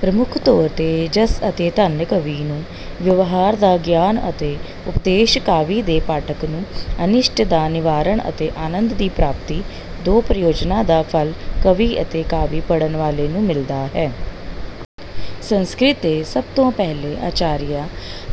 ਪ੍ਰਮੁੱਖ ਤੌਰ ਤੇ ਜਸ ਅਤੇ ਧਨ ਕਵੀ ਨੂੰ, ਵਿਵਹਾਰ ਦਾ ਗਿਆਨ ਅਤੇ ਉਪਦੇਸ਼ ਕਾਵਿ ਦੇ ਪਾਠਕ ਨੂੰ, ਅਨਿਸ਼ਟ ਦਾ ਨਿਵਾਰਣ ਅਤੇ ਆਨੰਦ ਦੀ ਪ੍ਰਾਪਤੀ ਦੋ ਪ੍ਰਯੋਜਨਾਂ ਦਾ ਫ਼ਲ ਕਵੀ ਅਤੇ ਕਾਵਿ ਪੜ੍ਹਨ ਵਾਲੇ ਨੂੰ ਮਿਲਦਾ ਹੈ। ਸੰਸਕ੍ਰਿਤ ਦੇ ਸਭ ਤੋਂ ਪਹਿਲੇ ਆਚਾਰੀਆ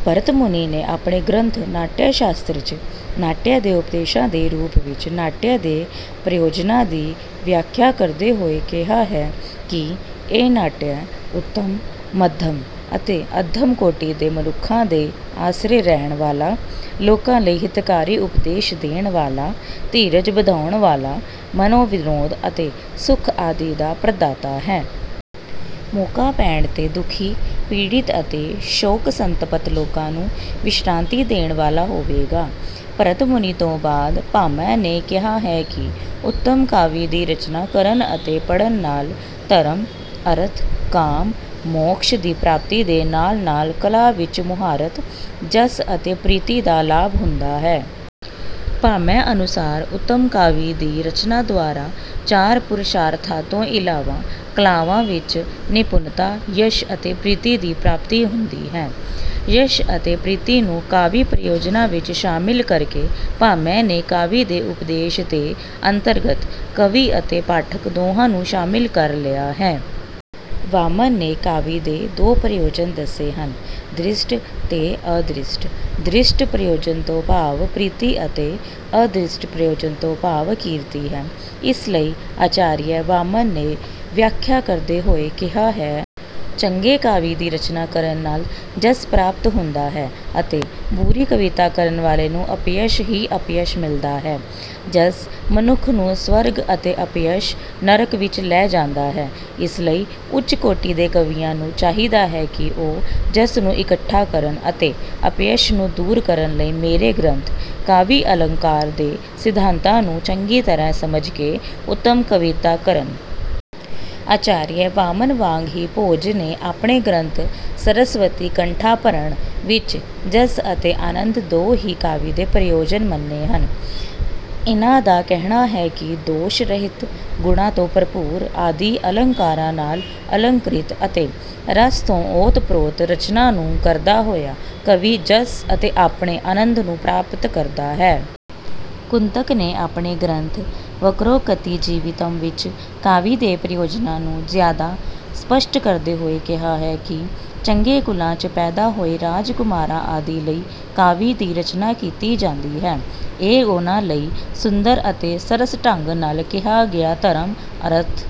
ਭਰਤਮੁਨੀ ਨੇ ਆਪਣੇ ਗ੍ਰੰਥ ਨਾਟਯਸ਼ਾਸਤਰ ਚ ਨਾਟਯ ਦੇ ਉਦੇਸ਼ਾਂ ਦੇ ਰੂਪ ਵਿੱਚ ਨਾਟਯ ਦੇ ਪ੍ਰਯੋਜਨਾਂ ਦੀ ਵਿਆਖਿਆ ਕਰਦੇ ਹੋਏ ਕਿਹਾ ਹੈ ਕਿ ਇਹ ਨਾਟਯ ਉੱਤਮ, ਮੱਧਮ ਅਤੇ ਅੱਧਮ ਕੋਟੀ ਦੇ ਮਨੁੱਖਾਂ ਦੇ ਆਸਰੇ ਰਹਿਣ ਵਾਲਾ, ਲੋਕਾਂ ਲਈ ਹਿਤਕਾਰੀ ਉਪਦੇਸ਼ ਦੇਣ ਵਾਲਾ, ਧੀਰਜ ਬੰਧਾਉਣ ਵਾਲਾ, ਮਨੋਵਿਨੋਦ ਅਤੇ ਸੁਖ ਆਦਿ ਦਾ ਪ੍ਰਦਾਤਾ ਹੈ। ਮੌਕਾ ਪੈਣ ਤੇ ਦੁਖੀ, ਪੀੜ੍ਹਿਤ ਅਤੇ ਸ਼ੋਕਸੰਤਪਤ ਲੋਕਾਂ ਨੂੰ ਵਿਸ਼੍ਰਾਂਤੀ ਦੇਣ ਵਾਲਾ ਹੋਵੇਗਾ। ਭਰਤਮੁਨੀ ਤੋਂ ਬਾਅਦ, ਭਾਮਹ ਨੇ ਕਿਹਾ ਹੈ ਕਿ ਉੱਤਮ ਕਾਵਿ ਦੀ ਰਚਨਾ ਕਰਨ ਅਤੇ ਪੜ੍ਹਨ ਨਾਲ ਧਰਮ, ਅਰਥ, ਕਾਮ, ਮੋਕ੍ਸ਼ ਦੀ ਪ੍ਰਾਪਤੀ ਦੇ ਨਾਲ- ਨਾਲ ਕਲਾ ਵਿੱਚ ਮੁਹਾਰਤ, ਜਸ ਅਤੇ ਪ੍ਰੀਤੀ ਦਾ ਲਾਭ ਹੁੰਦਾ ਹੈ। ਭਾਮਹ ਅਨੁਸਾਰ ਉੱਤਮ ਕਾਵਿ ਦੀ ਰਚਨਾ ਦੁਆਰਾ ਚਾਰ ਪੁਰਸ਼ਾਰਥਾਂਤੋਂ ਇਲਾਵਾ ਕਲਾਵਾਂ ਵਿੱਚ ਨਿਪੁੰਨਤਾ ਯਸ਼ ਅਤੇ ਪ੍ਰੀਤੀ ਦੀ ਪ੍ਰਾਪਤੀ ਹੁੰਦੀ ਹੈ। ਯਸ਼ ਅਤੇ ਪ੍ਰੀਤੀ ਨੂੰ ਕਾਵਿ ਪ੍ਰਯੋਜਨਾਂ ਵਿੱਚ ਸ਼ਾਮਿਲ ਕਰਕੇ ਭਾਮਹ ਨੇ ਕਾਵਿ ਦੇ ਉਦੇਸ਼ ਦੇ ਅੰਤਰਗਤ ਕਵੀ ਅਤੇ ਪਾਠਕ ਦੋਹਾਂ ਨੂੰ ਸ਼ਾਮਿਲ ਕਰ ਲਿਆ ਹੈ। ਵਾਮਨ ਨੇ ਕਾਵਿ ਦੇ ਦੋ ਪ੍ਰਯੋਜਨ ਦੱਸੇ ਹਨ, ਦ੍ਰਿਸ਼ਟ ਤੇ ਅਦ੍ਰਿਸ਼ਟ। ਦ੍ਰਿਸ਼ਟ ਪ੍ਰਯੋਜਨ ਤੋਂ ਭਾਵ ਪ੍ਰੀਤੀ ਅਤੇ ਅਦ੍ਰਿਸ਼ਟ ਪ੍ਰਯੋਜਨ ਤੋਂ ਭਾਵ ਕੀਰਤੀ ਹੈ। ਇਸ ਲਈ ਆਚਾਰੀਆ ਵਾਮਨ ਨੇ ਵਿਆਖਿਆ ਕਰਦੇ ਹੋਏ ਕਿਹਾ ਹੈ। ਚੰਗੇ ਕਾਵਿ ਦੀ ਰਚਨਾ ਕਰਨ ਨਾਲ ਜਸ ਪ੍ਰਾਪਤ ਹੁੰਦਾ ਹੈ ਅਤੇ ਬੁਰੀ ਕਵਿਤਾ ਕਰਨ ਵਾਲੇ ਨੂੰ ਅਪਯਸ਼ ਹੀ ਅਪਯਸ਼ ਮਿਲਦਾ ਹੈ। ਜਸ ਮਨੁੱਖ ਨੂੰ ਸਵਰਗ ਅਤੇ ਅਪਯਸ਼ ਨਰਕ ਵਿੱਚ ਲੈ ਜਾਂਦਾ ਹੈ। ਇਸ ਲਈ ਉੱਚ ਕੋਟੀ ਦੇ ਕਵੀਆਂ ਨੂੰ ਚਾਹੀਦਾ ਹੈ ਕਿ ਉਹ ਜਸ ਨੂੰ ਇੱਕਠਾ ਕਰਨ ਅਤੇ ਅਪਯਸ਼ ਨੂੰ ਦੂਰ ਕਰਨ ਲਈ ਮੇਰੇ ਗ੍ਰੰਥ ਕਾਵਿਅਲੰਕਾਰ ਦੇ ਸਿਧਾਂਤਾਂ ਨੂੰ ਚੰਗੀ ਤਰ੍ਹਾਂ ਸਮਝ ਕੇ ਉੱਤਮ ਕਵਿਤਾ ਕਰਨ। ਆਚਾਰੀਆ ਵਾਮਨ ਵਾਂਗ ਹੀ ਭੋਜ ਨੇ ਆਪਣੇ ਗ੍ਰੰਥ ਸਰਸਵਤੀਕੰਠਾਭਰਣ ਵਿੱਚ ਜਸ ਅਤੇ ਆਨੰਦ ਦੋ ਹੀ ਕਾਵਿ ਦੇ ਪ੍ਰਯੋਜਨ ਮੰਨੇ ਹਨ। ਇਹਨਾਂ ਦਾ ਕਹਿਣਾ ਹੈ ਕਿ ਦੋਸ਼-ਰਹਿਤ, ਗੁਣਾਂ ਤੋਂ ਭਰਪੂਰ ਆਦਿ ਅਲੰਕਾਰਾਂ ਨਾਲ ਅਲੰਕ੍ਰਿਤ ਅਤੇ ਰਸ ਤੋਂ ਓਤਪ੍ਰੋਤ ਰਚਨਾ ਨੂੰ ਕਰਦਾ ਹੋਇਆ ਕਵੀ ਜਸ ਅਤੇ ਆਪਣੇ ਆਨੰਦ ਨੂੰ ਪ੍ਰਾਪਤ ਕਰਦਾ ਹੈ। ਕੁੰਤਕ ਨੇ ਆਪਣੇ ਗ੍ਰੰਥ ਵਕ੍ਰੋਕਤੀਜੀਵਿਤਮ੍ ਵਿੱਚ ਕਾਵਿ ਦੇ ਪ੍ਰਯੋਜਨਾਂ ਨੂੰ ਜਿਆਦਾ ਸਪੱਸ਼ਟ ਕਰਦੇ ਹੋਏ ਕਿਹਾ ਹੈ ਕਿ ਚੰਗੇ ਕੁਲਾਂ ਚ ਪੈਦਾ ਹੋਏ ਰਾਜਕੁਮਾਰਾਂ ਆਦਿ ਲਈ ਕਾਵਿ ਦੀ ਰਚਨਾ ਕੀਤੀ ਜਾਂਦੀ ਹੈ। ਇਹ ਉਹਨਾਂ ਲਈ ਸੁੰਦਰ ਅਤੇ ਸਰਸ ਢੰਗ ਨਾਲ ਕਿਹਾ ਗਿਆ ਧਰਮ, ਅਰਥ।